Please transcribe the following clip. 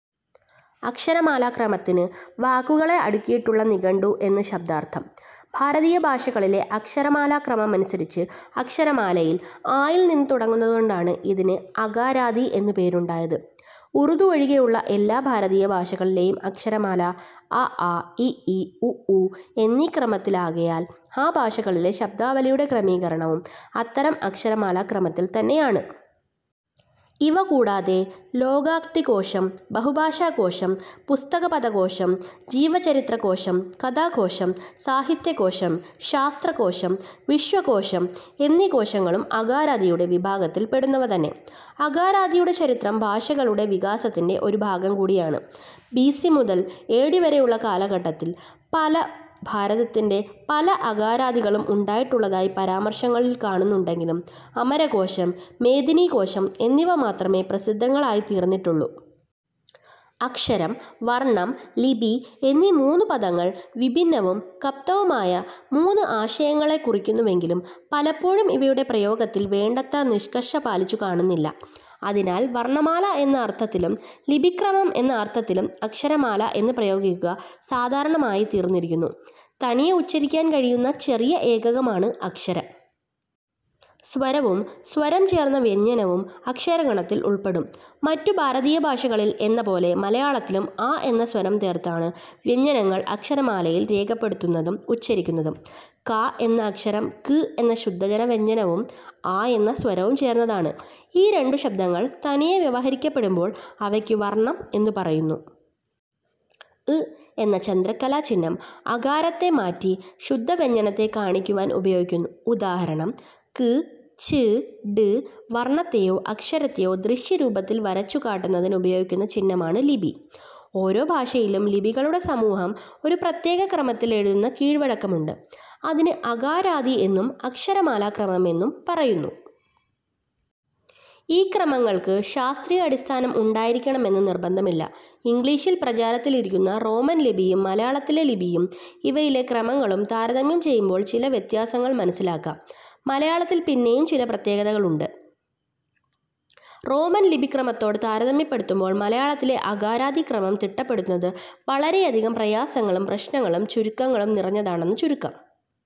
അക്ഷരമാലാക്രമത്തിന് വാക്കുകളെ അടുക്കിയിട്ടുള്ള നിഘണ്ടു എന്ന് ശബ്ദാർഥം. ഭാരതീയ ഭാഷകളിലെ അക്ഷരമാലാക്രമമനുസരിച്ച് അക്ഷരമാല 'അ'യിൽ തുടങ്ങുന്നതുകൊണ്ടാണ് ഇതിന് അകാരാദി എന്നു പേരുണ്ടായത്. ഉർദു ഒഴികെയുള്ള എല്ലാ ഭാരതീയ ഭാഷകളിലെയും അക്ഷരമാല അ, ആ, ഇ, ഈ, ഉ, ഊ എന്നീ ക്രമത്തിലാകയാൽ ആ ഭാഷകളിലെ ശബ്ദാവലിയുടെ ക്രമീകരണവും അത്തരം അക്ഷരമാലാക്രമത്തിൽ തന്നെയാണ്. ഇവ കൂടാതെ ലോകോക്തികോശം, ബഹുഭാഷാകോശം, പുസ്തകപദകോശം, ജീവചരിത്രകോശം, കഥാകോശം, സാഹിത്യകോശം, ശാസ്ത്രകോശം, വിശ്വകോശം എന്നീ കോശങ്ങളും 'അകാരാദി'യുടെ വിഭാഗത്തിൽ പെടുന്നവ തന്നെ. അകാരാദിയുടെ ചരിത്രം ഭാഷകളുടെ വികാസത്തിന്റെ ഒരു ഭാഗംകൂടിയാണ്. ബി. സി. മുതൽ എ. ഡി. വരെയുള്ള കാലഘട്ടത്തിൽ ഭാരതത്തിൽ പല അകാരാദികളും ഉണ്ടായിട്ടുള്ളതായി പരാമർശങ്ങൾ കാണുന്നുണ്ടെങ്കിലും അമരകോശം, മേദിനീകോശം എന്നിവ മാത്രമേ പ്രസിദ്ധങ്ങളായിത്തീർന്നിട്ടുള്ളു. അക്ഷരം, വർണം, ലിപി എന്നീ മൂന്നു പദങ്ങൾ വിഭിന്നവും ക്പ്തവുമായ മൂന്ന് ആശയങ്ങളെ കുറിക്കുന്നുവെങ്കിലും പലപ്പോഴും ഇവയുടെ പ്രയോഗത്തിൽ വേണ്ടത്ര നിഷ്കർഷ പാലിച്ചുകാണുന്നില്ല. അതിനാൽ 'വർണമാല' എന്ന അർത്ഥത്തിലും 'ലിപിക്രമം' എന്ന അർത്ഥത്തിലും 'അക്ഷരമാല' എന്ന് പ്രയോഗിക്കുക സാധാരണമായിത്തീർന്നിരിക്കുന്നു. തനിയെ ഉച്ചരിക്കാൻ കഴിയുന്ന ചെറിയ ഏകകം ആണ് അക്ഷരം. സ്വരവും സ്വരം ചേർന്ന വ്യഞ്ജനവും അക്ഷരഗണത്തിൽ ഉൾപ്പെടും. മറ്റു ഭാരതീയഭാഷകളിൽ എന്നപോലെ മലയാളത്തിലും 'അ' എന്ന സ്വരം ചേർത്താണ് വ്യഞ്ജനങ്ങൾ അക്ഷരമാലയിൽ രേഖപ്പെടുത്തുന്നതും ഉച്ചരിക്കുന്നതും. 'ക' എന്ന അക്ഷരം 'ക്' എന്ന ശുദ്ധവ്യഞ്ജനവും 'അ' എന്ന സ്വരവും ചേർന്നതാണ്. ഈ രണ്ടു ശബ്ദങ്ങൾ തനിയെ വ്യവഹരിക്കപ്പെടുമ്പോൾ അവയ്ക്കു വർണം എന്നു പറയുന്നു. '്' എന്ന ചന്ദ്രക്കലാചിഹ്നം അകാരത്തെ മാറ്റി ശുദ്ധവ്യഞ്ജനത്തെ കാണിക്കുവാൻ ഉപയോഗിക്കുന്നു. ഉദാ. ക്, ച്, ട്. വർണത്തെയോ അക്ഷരത്തെയോ ദൃശ്യരൂപത്തിൽ വരച്ചുകാട്ടുന്നതിനുപയോഗിക്കുന്ന ചിഹ്നമാണ് ലിപി. ഓരോ ഭാഷയിലും ലിപികളുടെ സമൂഹം ഒരു പ്രത്യേകക്രമത്തിൽ എഴുതുന്ന കീഴ്വഴക്കം ഉണ്ട്. ഇതിന് അകാരാദി എന്നും അക്ഷരമാലാക്രമം എന്നും പറയുന്നു. ഈ ക്രമങ്ങൾക്ക് ശാസ്ത്രീയാടിസ്ഥാനം ഉണ്ടായിരിക്കണമെന്ന് നിർബന്ധമില്ല. ഇംഗ്ളീഷിൽ പ്രചാരത്തിലിരിക്കുന്ന റോമൻ ലിപിയും മലയാളത്തിലെ ലിപിയും ഇവയിലെ ക്രമങ്ങളും താരതമ്യം ചെയ്യുമ്പോൾ ചില വ്യത്യാസങ്ങൾ മനസ്സിലാക്കാം. മലയാളത്തിൽ പിന്നെയും ചില പ്രത്യേകതകളുണ്ട്: റോമൻ ലിപിക്രമത്തോട് താരതമ്യപ്പെടുത്തുമ്പോൾ മലയാളത്തിലെ അകാരാദി ക്രമം തിട്ടപ്പെടുത്തുന്നത് വളരെയധികം പ്രയാസങ്ങളും പ്രശ്നങ്ങളും നിറഞ്ഞതാണെന്ന് ചുരുക്കം.